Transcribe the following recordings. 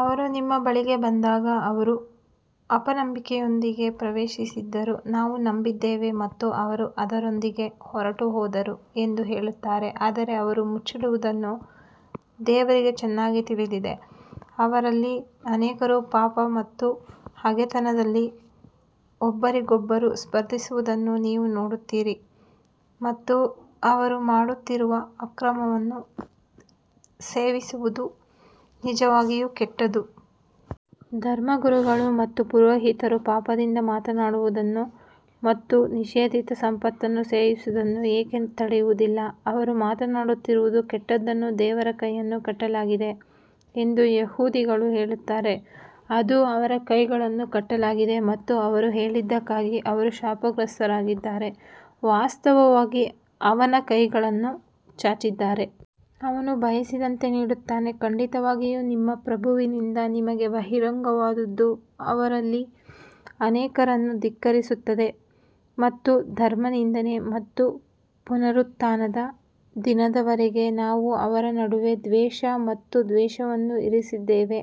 ಅವರು ನಿಮ್ಮ ಬಳಿಗೆ ಬಂದಾಗ ಅವರು ಅಪನಂಬಿಕೆಯೊಂದಿಗೆ ಪ್ರವೇಶಿಸಿದ್ದರೂ ನಾವು ನಂಬಿದ್ದೇವೆ ಮತ್ತು ಅವರು ಅದರೊಂದಿಗೆ ಹೊರಟುಹೋದರು ಎಂದು ಹೇಳುತ್ತಾರೆ ಆದರೆ ಅವರು ಮುಚ್ಚಿಡುವುದನ್ನು ದೇವರಿಗೆ ಚೆನ್ನಾಗಿ ತಿಳಿದಿದೆ. ಅವರಲ್ಲಿ ಅನೇಕರು ಪಾಪ ಮತ್ತು ಹಗೆತನದಲ್ಲಿ ಒಬ್ಬರಿಗೊಬ್ಬರು ಸ್ಪರ್ಧಿಸುವುದನ್ನು ನೀವು ನೋಡುತ್ತೀರಿ ಮತ್ತು ಅವರು ಮಾಡುತ್ತಿರುವ ಅಕ್ರಮವನ್ನು ಸೇವಿಸುವುದು ನಿಜವಾಗಿಯೂ ಕೆಟ್ಟದು. ಧರ್ಮಗುರುಗಳು ಮತ್ತು ಪುರೋಹಿತರು ಪಾಪದಿಂದ ಮಾತನಾಡುವುದನ್ನು ಮತ್ತು ನಿಷೇಧಿತ ಸಂಪತ್ತನ್ನು ಸೇವಿಸುವುದನ್ನು ಏಕೆ ತಡೆಯುವುದಿಲ್ಲ, ಅವರು ಮಾಡುತ್ತಿರುವುದು ಕೆಟ್ಟದ್ದನ್ನು ದೇವರ ಕೈಯನ್ನು ಕಟ್ಟಲಾಗಿದೆ ಎಂದು ಯಹೂದಿಗಳು ಹೇಳುತ್ತಾರೆ, ಅದು ಅವರ ಕೈಗಳನ್ನು ಕಟ್ಟಲಾಗಿದೆ ಮತ್ತು ಅವರು ಹೇಳಿದ್ದಕ್ಕಾಗಿ ಅವರು ಶಾಪಗ್ರಸ್ತರಾಗಿದ್ದಾರೆ ವಾಸ್ತವವಾಗಿ ಅವನ ಕೈಗಳನ್ನು ಚಾಚಿದ್ದಾರೆ ಅವನು ಬಯಸಿದಂತೆ ನೀಡುತ್ತಾನೆ, ಖಂಡಿತವಾಗಿಯೂ ನಿಮ್ಮ ಪ್ರಭುವಿನಿಂದ ನಿಮಗೆ ಬಹಿರಂಗವಾದದ್ದು ಅವರಲ್ಲಿ ಅನೇಕರನ್ನು ಧಿಕ್ಕರಿಸುತ್ತದೆ ಮತ್ತು ಧರ್ಮನಿಂದನೆ ಮತ್ತು ಪುನರುತ್ಥಾನದ ದಿನದವರೆಗೆ ನಾವು ಅವರ ನಡುವೆ ದ್ವೇಷ ಮತ್ತು ದ್ವೇಷವನ್ನು ಇರಿಸಿದ್ದೇವೆ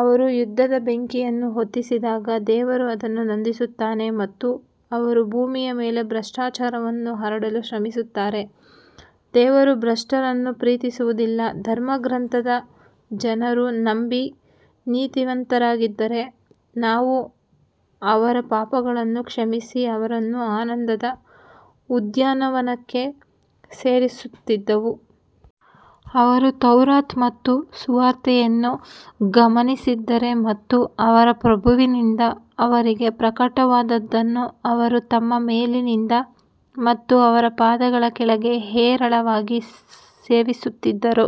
ಅವರು ಯುದ್ಧದ ಬೆಂಕಿಯನ್ನು ಹೊತ್ತಿಸಿದಾಗ ದೇವರು ಅದನ್ನು ನಂದಿಸುತ್ತಾನೆ ಮತ್ತು ಅವರು ಭೂಮಿಯ ಮೇಲೆ ಭ್ರಷ್ಟಾಚಾರವನ್ನು ಹರಡಲು ಶ್ರಮಿಸುತ್ತಾರೆ ದೇವರು ಭ್ರಷ್ಟರನ್ನು ಪ್ರೀತಿಸುವುದಿಲ್ಲ ಧರ್ಮಗ್ರಂಥದ ಜನರು ನಂಬಿ ನೀತಿವಂತರಾಗಿದ್ದರೆ ನಾವು ಅವರ ಪಾಪಗಳನ್ನು ಕ್ಷಮಿಸಿ ಅವರನ್ನು ಆನಂದದ ಉದ್ಯಾನವನಕ್ಕೆ ಸೇರಿಸುತ್ತಿದ್ದೆವು. ಅವರು ತೌರಾತ್ ಮತ್ತು ಸುವಾರ್ತೆಯನ್ನು ಗಮನಿಸಿದ್ದರೆ ಮತ್ತು ಅವರ ಪ್ರಭುವಿನಿಂದ ಅವರಿಗೆ ಪ್ರಕಟವಾದದ್ದನ್ನು ಅವರು ತಮ್ಮ ಮೇಲಿನಿಂದ ಮತ್ತು ಅವರ ಪಾದಗಳ ಕೆಳಗೆ ಹೇರಳವಾಗಿ ಸೇವಿಸುತ್ತಿದ್ದರು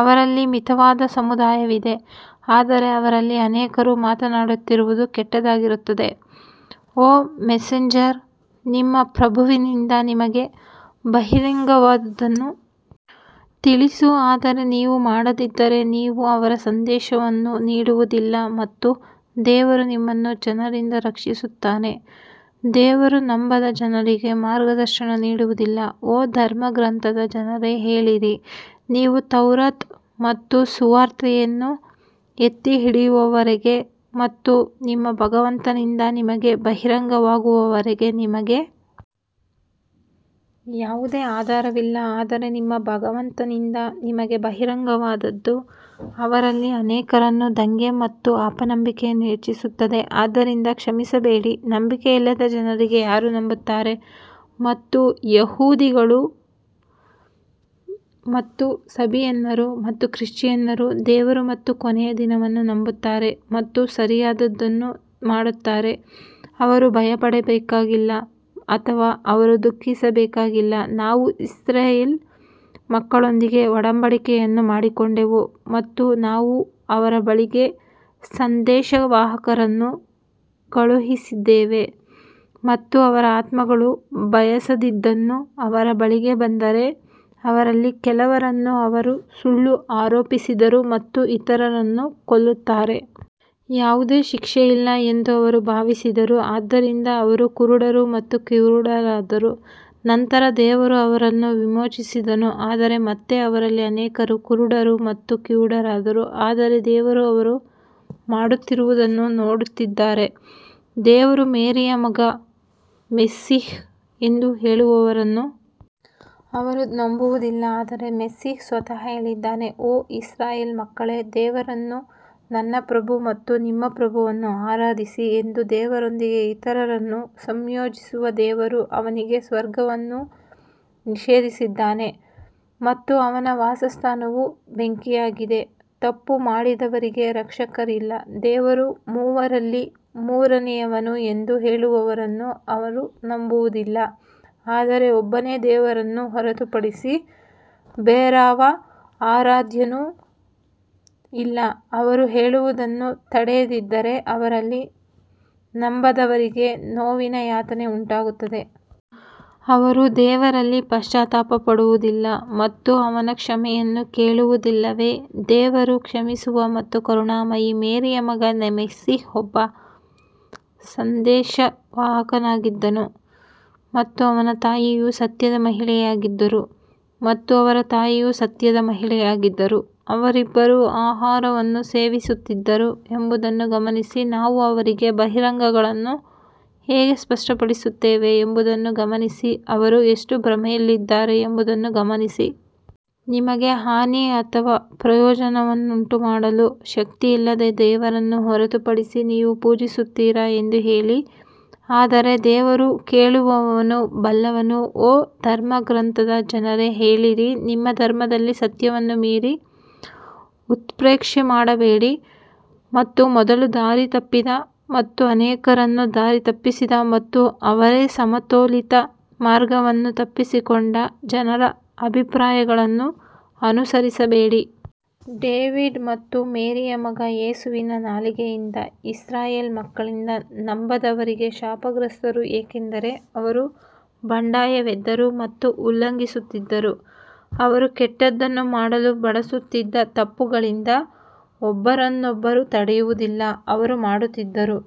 ಅವರಲ್ಲಿ ಮಿತವಾದ ಸಮುದಾಯವಿದೆ ಆದರೆ ಅವರಲ್ಲಿ ಅನೇಕರು ಮಾಡುತ್ತಿರುವುದು ಕೆಟ್ಟದ್ದಾಗಿರುತ್ತದೆ. ಓ ಮೆಸೆಂಜರ್, ನಿಮ್ಮ ಪ್ರಭುವಿನಿಂದ ನಿಮಗೆ ಬಹಿರಂಗವಾದದ್ದನ್ನು ತಿಳಿಸು ಆದರೆ ನೀವು ಮಾಡದಿದ್ದರೆ ನೀವು ಅವರ ಸಂದೇಶವನ್ನು ನೀಡುವುದಿಲ್ಲ ಮತ್ತು ದೇವರು ನಿಮ್ಮನ್ನು ಜನರಿಂದ ರಕ್ಷಿಸುತ್ತಾನೆ, ದೇವರು ನಂಬದ ಜನರಿಗೆ ಮಾರ್ಗದರ್ಶನ ನೀಡುವುದಿಲ್ಲ ಓ ಧರ್ಮಗ್ರಂಥದ ಜನರೇ ಹೇಳಿರಿ, ನೀವು ತೌರಾತ್ ಮತ್ತು ಸುವಾರ್ತೆಯನ್ನು ಎತ್ತಿಹಿಡಿಯುವವರೆಗೆ ಮತ್ತು ನಿಮ್ಮ ಭಗವಂತನಿಂದ ನಿಮಗೆ ಬಹಿರಂಗವಾಗುವವರೆಗೆ ನಿಮಗೆ ಯಾವುದೇ ಆಧಾರವಿಲ್ಲ ಆದರೆ ನಿಮ್ಮ ಭಗವಂತನಿಂದ ನಿಮಗೆ ಬಹಿರಂಗವಾದದ್ದು ಅವರಲ್ಲಿ ಅನೇಕರನ್ನು ದಂಗೆ ಮತ್ತು ಅಪನಂಬಿಕೆಯನ್ನು ಹೆಚ್ಚಿಸುತ್ತದೆ ಆದ್ದರಿಂದ ಕ್ಷಮಿಸಬೇಡಿ ನಂಬಿಕೆಯಿಲ್ಲದ ಜನರಿಗೆ ಯಾರು ನಂಬುತ್ತಾರೆ ಮತ್ತು ಯಹೂದಿಗಳು ಮತ್ತು ಸಬಿಯನ್ನರು ಮತ್ತು ಕ್ರಿಶ್ಚಿಯನ್ನರು ದೇವರು ಮತ್ತು ಕೊನೆಯ ದಿನವನ್ನು ನಂಬುತ್ತಾರೆ ಮತ್ತು ಸರಿಯಾದದ್ದನ್ನು ಮಾಡುತ್ತಾರೆ, ಅವರು ಭಯಪಡಬೇಕಾಗಿಲ್ಲ ಅಥವಾ ಅವರು ದುಃಖಿಸಬೇಕಾಗಿಲ್ಲ ನಾವು ಇಸ್ರಾಯೇಲ್ ಮಕ್ಕಳೊಂದಿಗೆ ಒಡಂಬಡಿಕೆಯನ್ನು ಮಾಡಿಕೊಂಡೆವು ಮತ್ತು ನಾವು ಅವರ ಬಳಿಗೆ ಸಂದೇಶವಾಹಕರನ್ನು ಕಳುಹಿಸಿದ್ದೇವೆ ಮತ್ತು ಅವರ ಆತ್ಮಗಳು ಬಯಸದಿದ್ದನ್ನು ಅವರ ಬಳಿಗೆ ಬಂದರೆ, ಅವರಲ್ಲಿ ಕೆಲವರನ್ನು ಅವರು ಸುಳ್ಳು ಆರೋಪಿಸಿದರು ಮತ್ತು ಇತರರನ್ನು ಕೊಲ್ಲುತ್ತಾರೆ. ಯಾವುದೇ ಶಿಕ್ಷೆ ಇಲ್ಲ ಎಂದು ಅವರು ಭಾವಿಸಿದರು ಆದ್ದರಿಂದ ಅವರು ಕುರುಡರು ಮತ್ತು ಕಿವುಡರಾದರು ನಂತರ ದೇವರು ಅವರನ್ನು ವಿಮೋಚಿಸಿದನು ಆದರೆ ಮತ್ತೆ ಅವರಲ್ಲಿ ಅನೇಕರು ಕುರುಡರು ಮತ್ತು ಕಿವುಡರಾದರು ಆದರೆ ದೇವರು ಅವರು ಮಾಡುತ್ತಿರುವುದನ್ನು ನೋಡುತ್ತಿದ್ದಾರೆ ದೇವರು ಮೇರಿಯ ಮಗ ಮೆಸ್ಸಿಹ್ ಎಂದು ಹೇಳುವವರನ್ನು ಅವರು ನಂಬುವುದಿಲ್ಲ ಆದರೆ ಮೆಸ್ಸಿಹ್ ಸ್ವತಃ ಹೇಳಿದ್ದಾನೆ ಓ ಇಸ್ರಾಯೇಲ್ ಮಕ್ಕಳೇ ದೇವರನ್ನು ನನ್ನ ಪ್ರಭು ಮತ್ತು ನಿಮ್ಮ ಪ್ರಭುವನ್ನು ಆರಾಧಿಸಿ ಎಂದು ದೇವರೊಂದಿಗೆ ಇತರರನ್ನು ಸಂಯೋಜಿಸುವ ದೇವರು ಅವನಿಗೆ ಸ್ವರ್ಗವನ್ನು ನಿಷೇಧಿಸಿದ್ದಾನೆ ಮತ್ತು ಅವನ ವಾಸಸ್ಥಾನವು ಬೆಂಕಿಯಾಗಿದೆ ತಪ್ಪು ಮಾಡಿದವರಿಗೆ ರಕ್ಷಕರಿಲ್ಲ ದೇವರು ಮೂವರಲ್ಲಿ ಮೂರನೆಯವನು ಎಂದು ಹೇಳುವವರನ್ನು ಅವರು ನಂಬುವುದಿಲ್ಲ ಆದರೆ ಒಬ್ಬನೇ ದೇವರನ್ನು ಹೊರತುಪಡಿಸಿ ಬೇರಾವ ಆರಾಧ್ಯನೂ ಇಲ್ಲ, ಅವರು ಹೇಳುವುದನ್ನು ತಡೆಯದಿದ್ದರೆ ಅವರಲ್ಲಿ ನಂಬದವರಿಗೆ ನೋವಿನ ಯಾತನೆ ಉಂಟಾಗುತ್ತದೆ. ಅವರು ದೇವರಲ್ಲಿ ಪಶ್ಚಾತ್ತಾಪ ಪಡುವುದಿಲ್ಲ ಮತ್ತು ಅವನ ಕ್ಷಮೆಯನ್ನು ಕೇಳುವುದಿಲ್ಲವೇ ದೇವರು ಕ್ಷಮಿಸುವ ಮತ್ತು ಕರುಣಾಮಯಿ ಮೇರಿಯ ಮಗ ಮೆಸ್ಸಿಹ್ ಒಬ್ಬ ಸಂದೇಶವಾಹಕನಾಗಿದ್ದನು ಮತ್ತು ಅವನ ತಾಯಿಯು ಸತ್ಯದ ಮಹಿಳೆಯಾಗಿದ್ದರು ಮತ್ತು ಅವರ ತಾಯಿಯು ಸತ್ಯದ ಮಹಿಳೆಯಾಗಿದ್ದರು ಅವರಿಬ್ಬರೂ ಆಹಾರವನ್ನು ಸೇವಿಸುತ್ತಿದ್ದರು ಎಂಬುದನ್ನು ಗಮನಿಸಿ ನಾವು ಅವರಿಗೆ ಬಹಿರಂಗಗಳನ್ನು ಹೇಗೆ ಸ್ಪಷ್ಟಪಡಿಸುತ್ತೇವೆ ಎಂಬುದನ್ನು ಗಮನಿಸಿ ಅವರು ಎಷ್ಟು ಭ್ರಮೆಯಲ್ಲಿದ್ದಾರೆ ಎಂಬುದನ್ನು ಗಮನಿಸಿ. ನಿಮಗೆ ಹಾನಿ ಅಥವಾ ಪ್ರಯೋಜನವನ್ನುಂಟುಮಾಡಲು ಶಕ್ತಿಯಿಲ್ಲದ ದೇವರನ್ನು ಹೊರತುಪಡಿಸಿ ನೀವು ಪೂಜಿಸುತ್ತೀರಾ ಎಂದು ಹೇಳಿ ಆದರೆ ದೇವರು ಕೇಳುವವನು ಬಲ್ಲವನು ಓ ಧರ್ಮಗ್ರಂಥದ ಜನರೇ ಹೇಳಿರಿ, ನಿಮ್ಮ ಧರ್ಮದಲ್ಲಿ ಸತ್ಯವನ್ನು ಮೀರಿ ಉತ್ಪ್ರೇಕ್ಷೆ ಮಾಡಬೇಡಿ ಮತ್ತು ಮೊದಲು ದಾರಿತಪ್ಪಿದ ಮತ್ತು ಅನೇಕರನ್ನು ದಾರಿತಪ್ಪಿಸಿದ ಮತ್ತು ಅವರೇ ಸಮತೋಲಿತ ಮಾರ್ಗವನ್ನು ತಪ್ಪಿಸಿಕೊಂಡ ಜನರ ಅಭಿಪ್ರಾಯಗಳನ್ನು ಅನುಸರಿಸಬೇಡಿ. ಡೇವಿಡ್ ಮತ್ತು ಮೇರಿಯ ಮಗ ಯೇಸುವಿನ ನಾಲಿಗೆಯಿಂದ ಇಸ್ರಾಯೇಲ್ ಮಕ್ಕಳಿಂದ ನಂಬದವರಿಗೆ ಶಾಪಗ್ರಸ್ತರು, ಏಕೆಂದರೆ ಅವರು ಬಂಡಾಯವೆದ್ದರು ಮತ್ತು ಉಲ್ಲಂಘಿಸುತ್ತಿದ್ದರು ಅವರು ಕೆಟ್ಟದ್ದನ್ನು ಮಾಡಲು ಬಳಸುತ್ತಿದ್ದ ತಪ್ಪುಗಳಿಂದ ಒಬ್ಬರನ್ನೊಬ್ಬರು ತಡೆಯುವುದಿಲ್ಲ, ಅವರು ಮಾಡುತ್ತಿದ್ದರು.